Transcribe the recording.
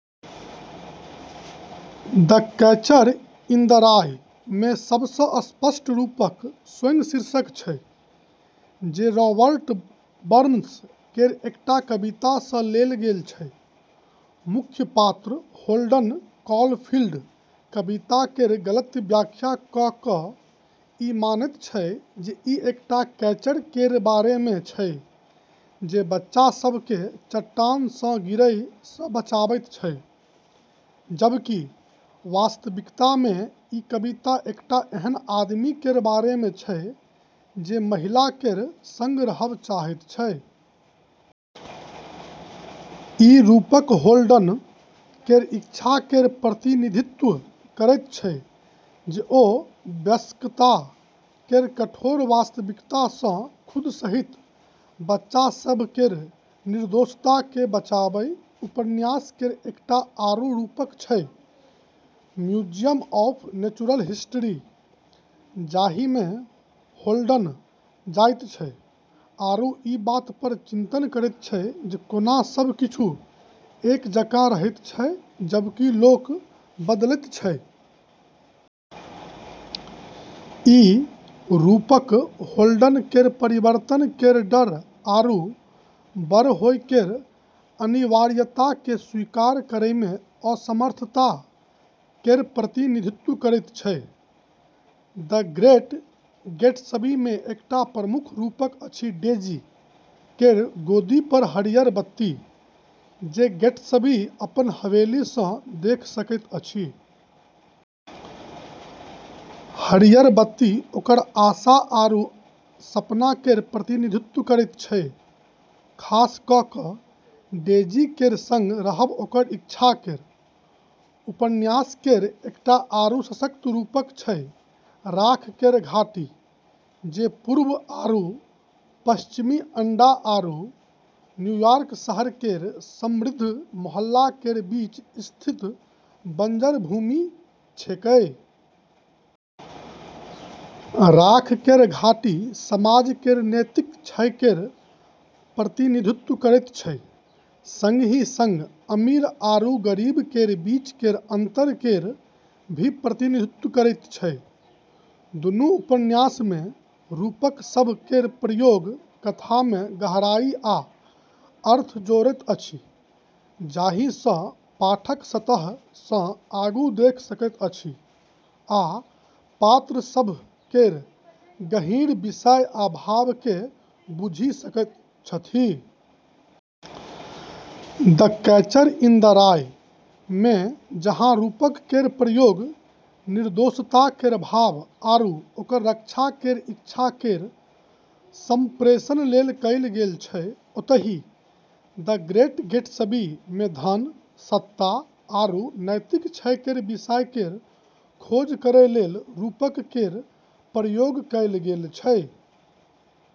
"The Catcher in the Rye" मे सब सँ स्पष्ट रूपक स्वयं शीर्षक छै, जे रॉबर्ट बर्न्स केर एकटा कविता सँ लेल गेल छै। मुख्य पात्र होल्डन कॉलफील्ड कविता केर गलत व्याख्या कऽ कऽ ई मानैत छै जे ई एकटा कैचर केर बारे मे छै जे बच्चा सभ केँ चट्टान सँ गिरै सँ बचाबैत छै, जबकि वास्तविकता मे ई कविता एकटा एहन आदमी केर बारे मे छै जे महिला केर संग रहब चाहैत छै। ई रूपक होल्डन केर इच्छा केर प्रतिनिधित्व करैत छै जे ओ वयस्कता केर कठोर वास्तविकता सँ खुद सहित बच्चा सभ केर निर्दोषता केँ बचाबय। उपन्यास केर एकटा आरू रूपक छै म्यूजियम ऑफ नेचुरल हिस्ट्री, जाहि मे होल्डन जाइत छै आरू ई बात पर चिंतन करैत छै जे कोना सब किछु एक जकाँ रहैत छै जबकि लोक बदलैत छै। ई रूपक होल्डन केर परिवर्तन केर डर आरू बड़ होए केर अनिवार्यता केँ स्वीकार करै मे असमर्थता केर प्रतिनिधित्व करैत छै। "द ग्रेट गैट्सबी" मे एकटा प्रमुख रूपक अछि डेजी केर गोदी पर हरियर बत्ती, जे गैट्सबी अपन हवेली सँ देख सकैत छथि। हरियर बत्ती ओकर आशा आरू सपना केर प्रतिनिधित्व करैत छै, खास कऽ कऽ डेजी केर संग रहब ओकर इच्छा केर। उपन्यास केर एकटा आरू सशक्त रूपक छै राख केर घाटी, जे पूर्व आरू पश्चिमी अंडा आरू न्यूयॉर्क शहर केर समृद्ध मोहल्ला केर बीच स्थित बंजर भूमि छेकै। राख केर घाटी समाज केर नैतिक क्षय केर प्रतिनिधित्व करैत छै, संगही संग अमीर आरू गरीब केर बीच केर अंतर केर भी प्रतिनिधित्व करैत छै। दुनू उपन्यास मे रूपक सभ केर प्रयोग कथा मे गहराई आ अर्थ जोड़ैत अछि, जाहि सँ पाठक सतह सँ आगू देख सकैत छथि आ पात्र सभ केर गहींर विषय आ भाव केँ बुझि सकैत छथि। "द कैचर इन द राई" मे जहाँ रूपक केर प्रयोग निर्दोषता केर भाव आरू ओकर रक्षा केर इच्छा केर संप्रेषण लेल कएल गेल छै, ओतही "द ग्रेट गैट्सबी" मे धन, सत्ता, आरू नैतिक क्षय केर विषय केर खोज करै लेल रूपक केर प्रयोग कएल गेल छै।